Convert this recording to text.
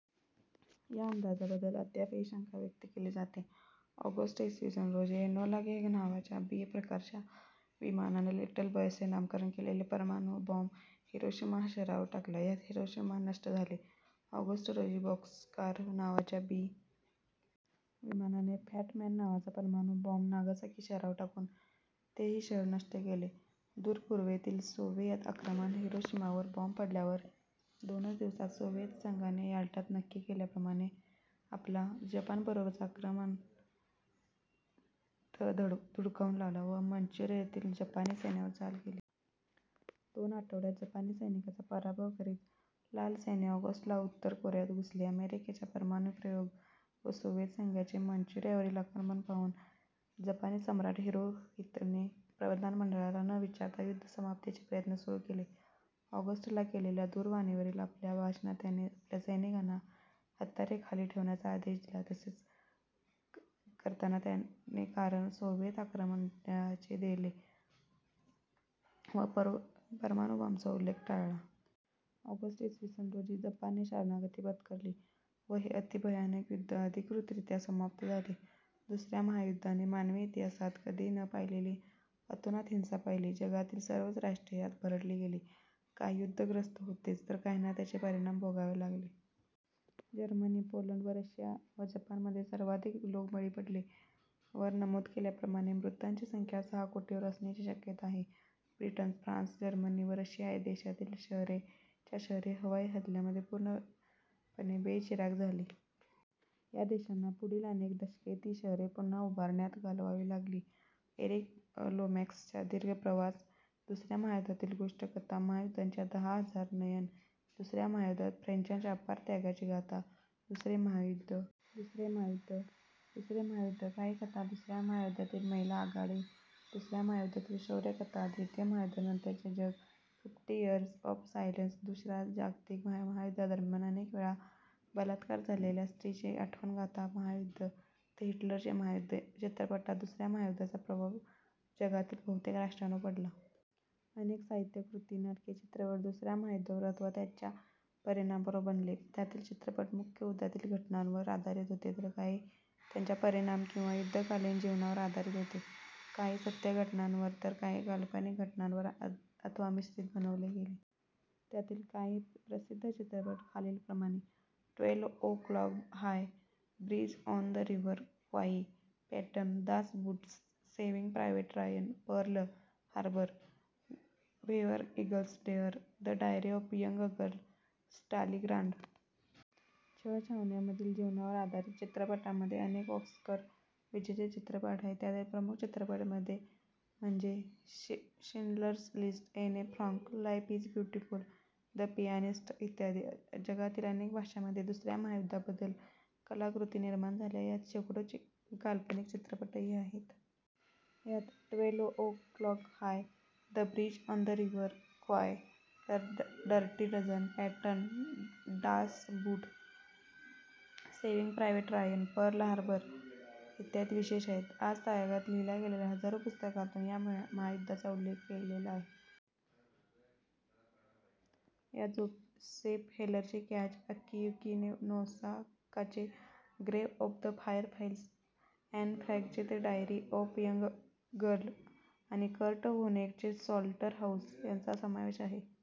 या अंदाजांबद्दल अद्यापही शंका व्यक्त केली जाते. ऑगस्ट, इ. स. रोजी एनोला गे नावाच्या बी. प्रकारच्या विमानाने लिटल बॉय असे नामकरण केलेला परमाणु बॉम्ब हिरोशिमा शहरावर टाकला. यात हिरोशिमा नष्ट झाले. ऑगस्ट रोजी बॉक्सकार नावाच्या बी. विमानाने फॅट मॅन नावाचा परमाणु बॉम्ब नागासाकी शहरावर टाकून तेही शहर नष्ट केले. दूरपूर्वेतील सोव्हिएत आक्रमण हिरोशिमावर बॉम्ब पडल्यावर दोनच दिवसात सोव्हिएत संघाने याल्टात नक्की केल्याप्रमाणे आपला जपानबरोबरचा अनाक्रमण तह धुडकावून लावला व मांचुरियातील जपानी सैन्यावर चाल केली. दोन आठवड्यात जपानी सैनिकांचा पराभव करीत लाल सैन्य ऑगस्ट ला उत्तर कोरियात घुसले. अमेरिकेचा परमाणुप्रयोग व सोव्हिएत संघाचे मांचुरियावरील आक्रमण पाहून जपानी सम्राट हिरोहितोने प्रधानमंडळाला न विचारता युद्धसमाप्तीचे प्रयत्न सुरू केले. ऑगस्ट ला केलेल्या दूरवाणीवरील आपल्या भाषणात त्याने आपल्या सैनिकांना हत्यारे खाली ठेवण्याचा आदेश दिला तसे करताना त्याने कारण सोव्हिएत आक्रमणाचे दिले व परमाणुबॉम्बचा उल्लेख टाळला. ऑगस्ट, इ. स. रोजी जपानने शरणागती पत्करली व हे अतिभयानक युद्ध अधिकृतरीत्या समाप्त झाले. दुसऱ्या महायुद्धाने मानवी इतिहासात कधीही न पाहिलेली अतोनात हिंसा पाहिली. जगातील सर्वच राष्ट्रे यात भरडली गेली. काही युद्धग्रस्त होतेच तर काहींना त्याचे परिणाम भोगावे लागले. जर्मनी, पोलंड व रशिया व जपानमध्ये सर्वाधिक लोक बळी पडले. वर नमूद केल्याप्रमाणे मृतांची संख्या सहा कोटीवर असण्याची शक्यता आहे. ब्रिटन, फ्रान्स, जर्मनी व रशिया या देशांतील शहरेच्या शहरे हवाई हल्यांमध्ये संपूर्णपणे बेचिराख झाली. या देशांना पुढील अनेक दशके ती शहरे पुन्हा उभारण्यात घालवावी लागली. एरिक लोमॅक्सच्या दीर्घ प्रवास: दुसऱ्या महायुद्धातील गोष्ट कथा महायुद्धाच्या दहा हजार नयन: दुसऱ्या महायुद्धात फ्रेंचांच्या अपार त्यागाची गाथा! दुसरे महायुद्ध दुसरे महायुद्ध दुसरे महायुद्ध: काही कथा दुसऱ्या महायुद्धातील महिला आघाडी दुसऱ्या महायुद्धातील शौर्यकथा द्वितीय महायुद्धानंतरचे जग फिफ्टी इअर्स ऑफ़ सायलेन्स: दुसऱ्या जागतिक महायुद्धादरम्यान अनेक वेळा बलात्कार झालेल्या स्त्रीची आठवणगाथा महायुद्ध ते हिटलरचे महायुद्ध चित्रपटात दुसऱ्या महायुद्धाचा प्रभाव जगातील बहुतेक राष्ट्रांवर पडला. अनेक साहित्य कृती, नाटके, चित्रपट दुसऱ्या महायुद्धावर अथवा त्यांच्या परिणामांवर बनले. त्यातील चित्रपट मुख्य युद्धातील घटनांवर आधारित होते तर काही त्याच्या परिणाम किंवा युद्धकालातील जीवनावर आधारित होते. काही सत्य घटनांवर तर काही काल्पनिक घटनांवर अथवा मिश्रित बनवले गेले. त्यातील काही प्रसिद्ध चित्रपट खालील प्रमाणे. Twelve o'clock high, bridge on the river Kwai, Patton, Das Boot, saving private Ryan, Pearl Harbor, where eagles dare, the diary of young girl, Stalingrad. छळछावण्यामधील जीवनावर आधारीत चित्रपटांमध्ये अनेक ऑस्कर विजेते चित्रपट आहेत. त्यातील प्रमुख चित्रपट म्हणजे Schindler's list, Anne Frank, life is beautiful, the pianist इत्यादी. जगातील अनेक भाषांमध्ये दुसऱ्या महायुद्धाबद्दल कलाकृती निर्माण झाल्या आहेत. यात शेकडो काल्पनिक चित्रपटही आहेत. यात twelve o'clock high, the bridge on the river Kwai, the dirty dozen, Patton, Das Boot, saving private Ryan, Pearl Harbor इ. विशेष आहेत. आजतगायत लिहिल्या गेलेल्या हजारो पुस्तकांतून या महायुद्धाचा उल्लेख आहे. यात जोसेफ हेलरचे कॅच-, अकियुकि नोसाकाचे grave of the fireflies, Anne फ्रॅंकचे the diary of a young girl आणि कर्ट व्होनेगटचे स्लॉटरहाउस- यांचा समावेश आहे.